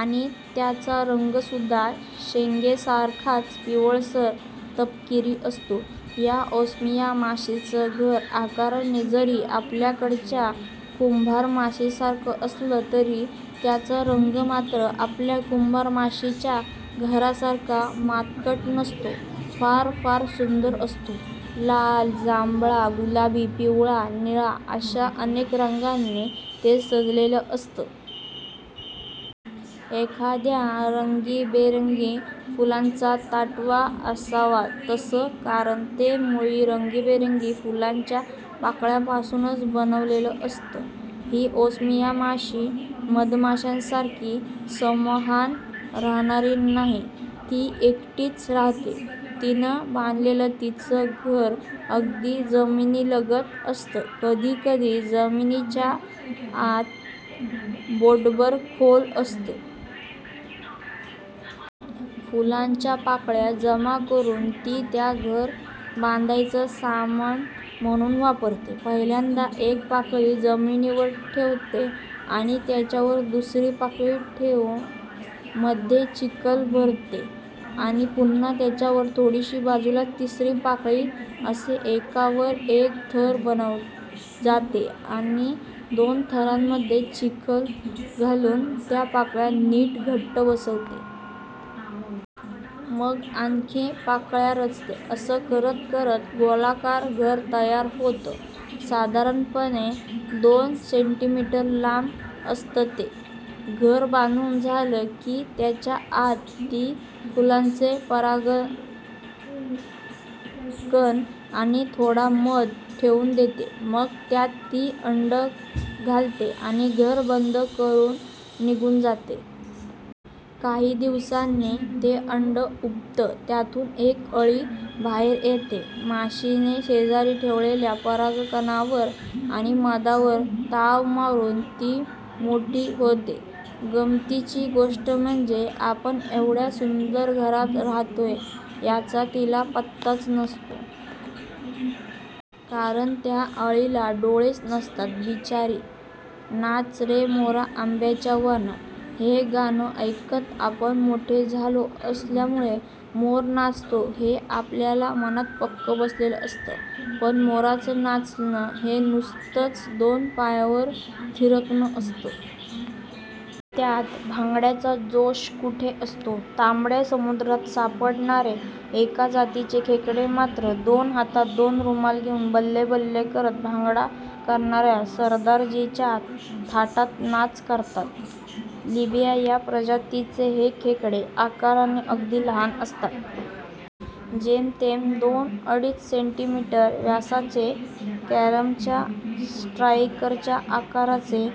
आणि त्याचा रंगसुद्धा शेंगेसारखाच पिवळसर तपकिरी असतो. या ओस्मिया माशीचं घर आकाराने जरी आपल्याकडच्या कुंभारमाशीसारखं असलं तरी त्याचा रंग मात्र आपल्या कुंभारमाशीच्या घरासारखा मातकट नसतो. फार फार सुंदर असतो. लाल, जांभळा, गुलाबी, पिवळा, निळा अशा अनेक रंगांनी ते सजलेलं असतं! एखाद्या रंगीबेरंगी फुलांचा ताटवा असावा तसं. कारण ते मुळी रंगीबेरंगी फुलांच्या पाकळ्यांपासूनच बनवलेलं असतं. ही ओस्मिया माशी मधमाशांसारखी समूहानं राहणारी नाही, ती एकटीच राहते. तिनं बांधलेलं तिचं घर अगदी जमिनीलगत असतं. कधीकधी जमिनीच्या आत बोटभर खोल असतं. फुलांच्या पाकळ्या जमा करुन ती त्या घर बांधायचं सामान म्हणून वापरते. पहिल्यांदा एक पाकळी जमिनीवर ठेवते आणि त्याच्यावर दुसरी पाकळी ठेवून मध्ये चिखल भरते आणि पुन्हा त्याच्यावर थोडीशी बाजूला तिसरी पाकळी. असे एकावर एक थर बनवत जाते आणि दोन थरांमध्ये चिखल घालून त्या पाकळ्या नीट घट्ट बसवते. मग आणखी पाकळ्या रचते. असं करत करत गोलाकार घर तयार होतं. साधारणपणे दोन सेंटीमीटर लांब असतं ते. घर बांधून झालं की त्याच्या आत ती फुलांचे परागकण आणि थोडा मध ठेवून देते. मग त्यात ती अंडं घालते आणि घर बंद करून निघून जाते. काही दिवसांनी ते अंडं उबतं. त्यातून एक अळी बाहेर येते. माशीने शेजारी ठेवलेल्या परागकणांवर आणि मधावर ताव मारून ती मोठी होते. गमतीची गोष्ट म्हणजे आपण एवढ्या सुंदर घरात राहतोय याचा तिला पत्ताच नसतो. कारण त्या अळीला डोळेच नसतात. बिचारी! '"नाच रे मोरा आंब्याच्या वनात"' हे गाणं ऐकत आपण मोठे झालो असल्यामुळे, मोर नाचतो, हे आपल्या मनात पक्कं बसलेलं असतं. पण मोराचं नाचणं हे नुसतंच दोन पायांवर थिरकणं असतं. त्यात भांगड्याचा जोश कुठे असतो? तांबड्या समुद्रात सापडणारे एका जातीचे खेकडे मात्र दोन हातात दोन रुमाल घेऊन 'बल्ले-बल्ले' करत भांगडा करणार्या सरदारजीच्या थाटात नाच करतात. लिबिया या प्रजातीचे हे खेकडे आकाराने अगदी लहान असतात. जेमतेम दोन-अडीच सेंटीमीटर व्यासाचे. कॅरमच्या स्ट्रायकरच्या आकाराचे.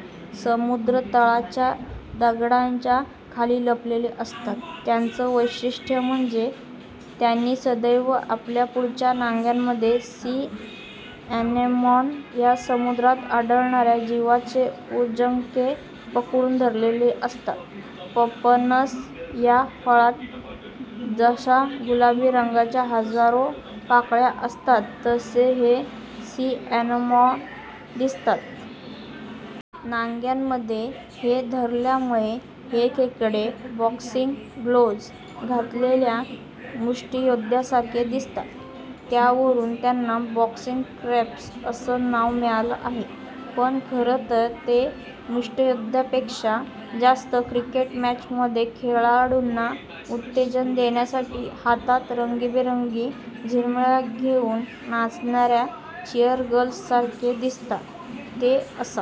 समुद्रतळाच्या दगडांच्या खाली लपलेले असतात. त्यांचं वैशिष्टय़ म्हणजे त्यांनी सदैव आपल्या पुढच्या नांग्यांमधे 'सी अॅनेमॉन' या समुद्रात आढळणार्या जीवांचे पुंजके पकडून धरलेले असतात. पपनस या फळात जशा गुलाबी रंगाच्या हजारो पाकळ्या असतात तसे हे 'सी अॅनेमॉन' दिसतात. नांग्यांमध्ये हे धरल्यामुळे हे खेकडे बॉक्सिंग ग्लोव्ज घातलेल्या मुष्टीयोद्ध्यासारखे दिसतात. त्यावरून त्यांना 'बॉक्सिंग क्रब्स' असं नाव मिळालं आहे. पण खरं तर ते मुष्टीयोद्ध्यापेक्षा जास्त क्रिकेट मॅचमध्ये, खेळाडूंना उत्तेजन देण्यासाठी हातात रंगीबेरंगी झिरमिळ्या घेऊन नाचणार्या चिअरगर्ल्ससारखे दिसतात. ते असा